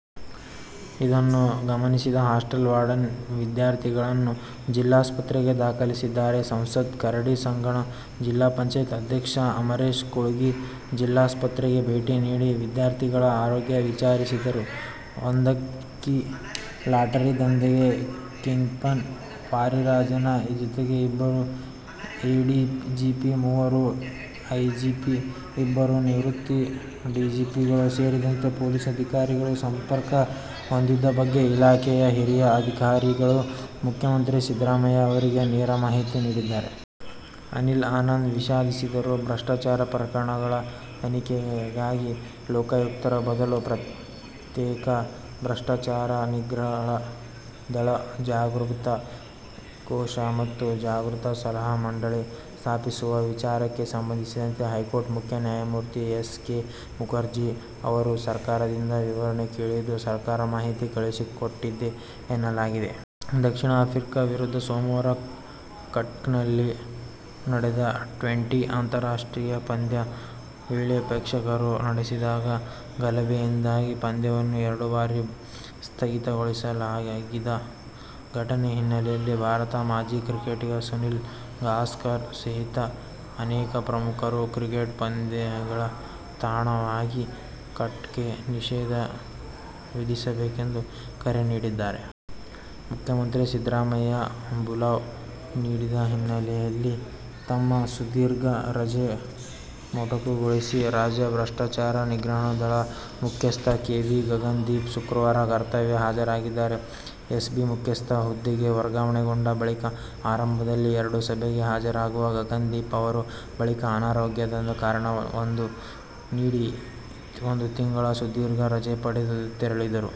ಇದನ್ನು ಗಮನಿಸಿದ hostel warden ವಿದ್ಯಾರ್ಥಿಗಳನ್ನು ಜಿಲ್ಲಾಸ್ಪತ್ರೆಗೆ ದಾಖಲಿಸಿದ್ದಾರೆ. ಸಂಸದ ಕರಡಿ ಸಂಗಣ್ಣ, ಜಿ. ಪಂ. ಅಧ್ಯಕ್ಷ ಅಮರೇಶ ಕುಳಗಿ ಜಿಲ್ಲಾಸ್ಪತ್ರೆಗೆ ಭೇಟಿ ನೀಡಿ ವಿದ್ಯಾರ್ಥಿಗಳ ಆರೋಗ್ಯ ವಿಚಾರಿಸಿದರು. ಒಂದಂಕಿ ಲಾಟರಿ ದಂಧೆಯ ಕಿಂಗ್ಪಿನ್ ಪಾರಿರಾಜನ್ ಜೊತೆಗೆ ಇಬ್ಬರು ಎಡಿಜಿಪಿ, ಮೂವರು ಐಜಿಪಿ, ಇಬ್ಬರು ನಿವೃತ್ತ ಡಿಜಿಪಿಗಳು ಸೇರಿದಂತೆ ಪೊಲೀಸ್ ಅಧಿಕಾರಿಗಳು ಸಂಪರ್ಕ ಹೊಂದಿದ್ದ ಬಗ್ಗೆ ಇಲಾಖೆಯ ಹಿರಿಯ ಅಧಿಕಾರಿಗಳು ಮುಖ್ಯಮಂತ್ರಿ ಸಿದ್ದರಾಮಯ್ಯ ಅವರಿಗೆ ನೇರ ಮಾಹಿತಿ ನೀಡಿದ್ದಾರೆ. ಅನಿಲ್ ಆನಂದ್ ವಿಷಾದಿಸಿದರು. ಭ್ರಷ್ಟಾಚಾರ ಪ್ರಕರಣಗಳ ತನಿಖೆಗಾಗಿ ಲೋಕಾಯುಕ್ತರ ಬದಲು ಪ್ರತ್ಯೇಕ ಭ್ರಷ್ಟಾಚಾರ ನಿಗ್ರಹ ದಳ, ಜಾಗೃತ ಕೋಶ ಮತ್ತು ಜಾಗೃತ ಸಲಹಾ ಮಂಡಳಿ ಸ್ಥಾಪಿಸುವ ವಿಚಾರಕ್ಕೆ ಸಂಬಂಧಿಸಿದಂತೆ ಹೈಕೋರ್ಟ್ ಮುಖ್ಯ ನ್ಯಾಯಮೂರ್ತಿ ಎಸ್. ಕೆ. ಮುಖರ್ಜಿ ಅವರು ಸರಕಾರದಿಂದ ವಿವರಣೆ ಕೇಳಿದ್ದು, ಸರಕಾರ ಮಾಹಿತಿ ಕಳುಹಿಸಿಕೊಟ್ಟಿದೆ ಎನ್ನಲಾಗಿದೆ. ದಕ್ಷಿಣ ಆಫ್ರಿಕ ವಿರುದ್ಧ ಸೋಮವಾರ ಕಟಕ್ನಲ್ಲಿ ನಡೆದ ಟ್ವೆಂಟಿ ಅಂತಾರಾಷ್ಟ್ರೀಯ ಪಂದ್ಯದ ವೇಳೆ ಪ್ರೇಕ್ಷಕರು ನಡೆಸಿದ ಗಲಭೆಯಿಂದಾಗಿ ಪಂದ್ಯವನ್ನು ಎರಡು ಬಾರಿ ಸ್ಥಗಿತಗೊಳಿಸಲಾದ ಘಟನೆಯ ಹಿನ್ನೆಲೆಯಲ್ಲಿ ಭಾರತದ ಮಾಜಿ ಕ್ರಿಕೆಟಿಗ ಸುನೀಲ್ ಗಾವಸ್ಕರ್ ಸಹಿತ ಅನೇಕ ಪ್ರಮುಖರು ಕ್ರಿಕೆಟ್ ಪಂದ್ಯಗಳ ತಾಣವಾಗಿ ಕಟಕ್ಗೆ ನಿಷೇಧ ವಿಧಿಸಬೇಕೆಂದು ಕರೆ ನೀಡಿದ್ದಾರೆ. ಮುಖ್ಯಮಂತ್ರಿ ಸಿದ್ದರಾಮಯ್ಯ ಬುಲಾವ್ ನೀಡಿದ ಹಿನ್ನೆಲೆಯಲ್ಲಿ ತಮ್ಮ ಸುದೀರ್ಘ ರಜೆ ಮೊಟಕುಗೊಳಿಸಿ ರಾಜ್ಯ ಭ್ರಷ್ಟಾಚಾರ ನಿಗ್ರಹ ದಳ ದ ಮುಖ್ಯಸ್ಥ ಕೆ. ವಿ. ಗಗನ್ ದೀಪ್ ಶುಕ್ರವಾರ ಕರ್ತವ್ಯಕ್ಕೆ ಹಾಜರಾಗಿದ್ದಾರೆ. ಎಸಿಬಿ ಮುಖ್ಯಸ್ಥ ಹುದ್ದೆಗೆ ವರ್ಗಾವಣೆಗೊಂಡ ಬಳಿಕ ಆರಂಭದಲ್ಲಿ ಎರಡು ಸಭೆಗೆ ಹಾಜರಾದ ಗಗನ್ ದೀಪ್ ಅವರು, ಬಳಿಕ ಅನಾರೋಗ್ಯದ ಕಾರಣ ನೀಡಿ ಒಂದು ತಿಂಗಳ ಸುದೀರ್ಘ ರಜೆ ಪಡೆದು ತೆರಳಿದ್ದರು.